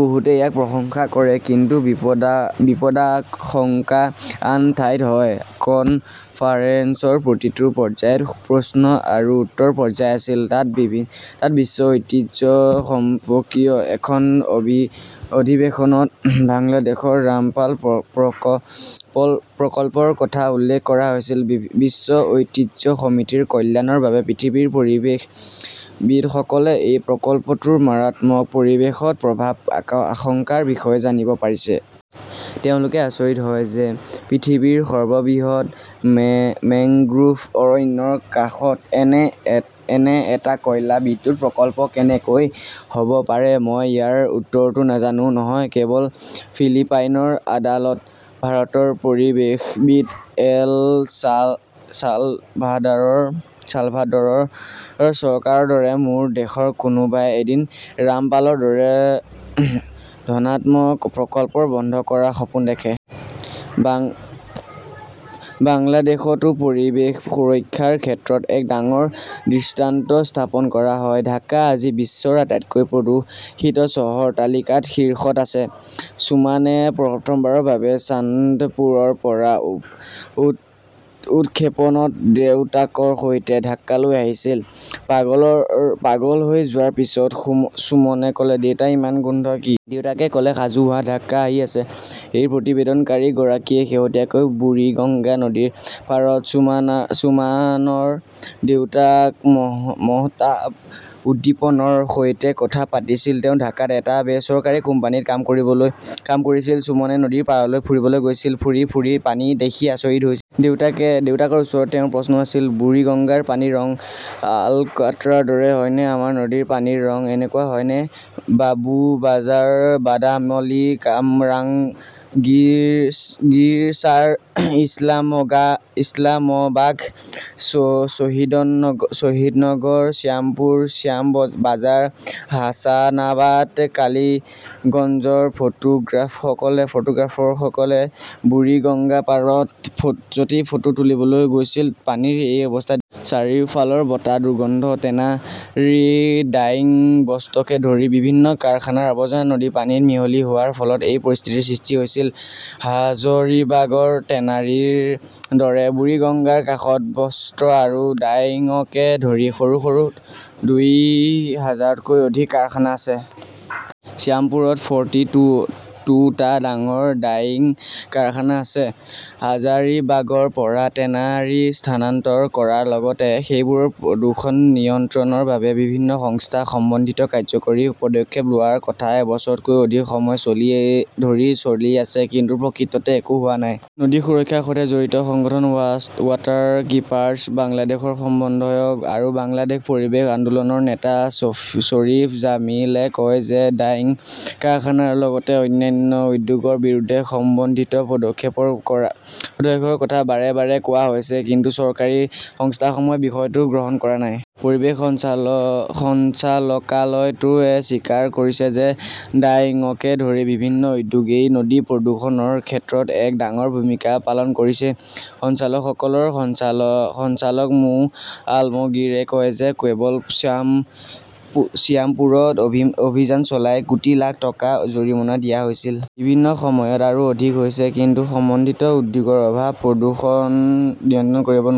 বহুতে ইয়াক প্ৰশংসা কৰে। কিন্তু বিপদাশংকা আন ঠাইত হয়। কনফাৰেন্সৰ প্ৰতিটো পৰ্যায়ত প্ৰশ্ন আৰু উত্তৰ পৰ্যায় আছিল। তাত বিশ্ব ঐতিহ্য সম্পৰ্কীয় এখন অধিৱেশনত বাংলাদেশৰ ৰামপাল প্ৰকল্পৰ কথা উল্লেখ কৰা হৈছিল। বিশ্ব ঐতিহ্য সমিতিৰ কল্যাণৰ বাবে পৃথিৱীৰ পৰিৱেশবিদসকলে এই প্ৰকল্পটোৰ মাৰাত্মক পৰিৱেশগত প্ৰভাৱৰ আশংকাৰ বিষয়ে জানিব পাৰিছে। তেওঁলোকে আচৰিত হয় যে, পৃথিৱীৰ সৰ্ববৃহৎ মেংগ্ৰোভ অৰণ্যৰ কাষত এনে এটা কয়লা বিদ্যুৎ প্ৰকল্প কেনেকৈ হ'ব পাৰে! মই ইয়াৰ উত্তৰটো নাজানো, নহয়। কেৱল ফিলিপাইনৰ আদালত, ভাৰতৰ পৰিৱেশবিদ, এল চালভাদৰৰ চৰকাৰৰ দৰে মোৰ দেশৰ কোনোবাই এদিন ৰামপালৰ দৰে ধ্বংসাত্মক প্ৰকল্পবোৰ বন্ধ কৰাৰ সপোন দেখে। বাংলাদেশতো পৰিৱেশ সুৰক্ষাৰ ক্ষেত্ৰত এক ডাঙৰ দৃষ্টান্ত স্থাপন কৰা হ'ব। ঢাকা আজি বিশ্বৰ আটাইতকৈ প্ৰদূষিত চহৰৰ তালিকাত শীৰ্ষত আছে। চুমানে প্ৰথমবাৰৰ বাবে চান্দপুৰৰ পৰা উৎক্ষেপণত দেউতাকৰ সৈতে ঢাকালৈ আহিছিল। পাগল হৈ যোৱাৰ পিছত সুমনে ক'লে, দেউতা, ইমান গোন্ধ কি? দেউতাকে ক'লে, সাজু হোৱা, ঢাকা আহি আছে। এই প্ৰতিবেদনকাৰী গৰাকীয়ে শেহতীয়াকৈ বুৰিগঙ্গা নদীৰ পাৰত ছুমানৰ দেউতাক মহতাব উদ্দীনৰ সৈতে কথা পাতিছিল। তেওঁ ঢাকাত এটা বেচৰকাৰী কোম্পানীত কাম কৰিছিল। সুমনে নদীৰ পাৰলৈ ফুৰিবলৈ গৈছিল, ঘূৰি ফুৰি পানী দেখি আচৰিত হৈছিল। দেউতাকৰ ওচৰত তেওঁৰ প্ৰশ্ন আছিল, বুৰিগঙ্গাৰ পানীৰ ৰং অলকাট্ৰাৰ দৰে হয়নে? আমাৰ নদীৰ পানীৰ ৰং এনেকুৱা হয়নে? বাবুবাজাৰ, বাদামলী, কামৰাংগীৰচাৰ, ইছলামবাগ, শ্বাহিদনগৰ, শ্যামপুৰ, শ্যামবাজাৰ, হাছানাবাদ, কালিগঞ্জৰ ফটোগ্ৰাফাৰসকলে বুৰিগাংগাপাৰত য'তেই ফটো তুলিবলৈ গৈছিল, পানীৰ এই অৱস্থা দেখিছিল। চাৰিওফালৰ বতাহত দুৰ্গন্ধ। টেনাৰী, ডাইং, বস্ত্ৰকে ধৰি বিভিন্ন কাৰখানাৰ আৱৰ্জনা নদীৰ পানীত মিহলি হোৱাৰ ফলত এই পৰিস্থিতিৰ সৃষ্টি হৈছে। হাঝাৰিবাগৰ টেনাৰীৰ দৰে বুৰিগঙ্গাৰ কাষত বস্ত্ৰ আৰু ডাইঙকে ধৰি সৰু সৰু দুই হাজাৰতকৈও অধিক কাৰখানা আছে। শ্যামপুৰত ফৰ্তি টু টা ডাঙৰ ডাইং কাৰখানা আছে। হাজাৰিবাগৰ পৰা টেনাৰী স্থানান্তৰ কৰাৰ লগতে সেইবোৰৰ প্ৰদূষণ নিয়ন্ত্ৰণৰ বাবে বিভিন্ন সংস্থাৰ সমন্বিত কাৰ্যকৰী পদক্ষেপ লোৱাৰ কথা এবছৰতকৈও অধিক সময় ধৰি চলি আছে। কিন্তু প্ৰকৃততে একো হোৱা নাই। নদী সুৰক্ষাৰ সৈতে জড়িত সংগঠন ৱাটাৰ কিপাৰ্ছ বাংলাদেশৰ সমন্বয়ক আৰু বাংলাদেশ পৰিৱেশ আন্দোলনৰ নেতা শ্বৰীফ জামিলে কয় যে, ডাইং কাৰখানাৰ লগতে অন্যান্য উদ্যোগৰ বিৰুদ্ধে সমন্বিত পদক্ষেপৰ কথা বাৰে বাৰে কোৱা হৈছে। কিন্তু চৰকাৰী সংস্থাসমূহে বিষয়টো গ্ৰহণ কৰা নাই। পৰিৱেশ সঞ্চালকালয়টোৱেও স্বীকাৰ কৰিছে যে ডাইঙকে ধৰি বিভিন্ন উদ্যোগই নদী প্ৰদূষণৰ ক্ষেত্ৰত এক ডাঙৰ ভূমিকা পালন কৰিছে। সঞ্চালকালয়ৰ সঞ্চালক মো. আলমগিৰে কয় যে, কেৱল শ্যামপুৰত অভিযান চলাই কোটি লাখ টকা জৰিমনা দিয়া হৈছিল। বিভিন্ন সময়ত আৰু অধিক হৈছে। কিন্তু সমন্বিত উদ্যোগৰ অভাৱত প্ৰদূষণ নিয়ন্ত্ৰণ কৰিব নোৱাৰি।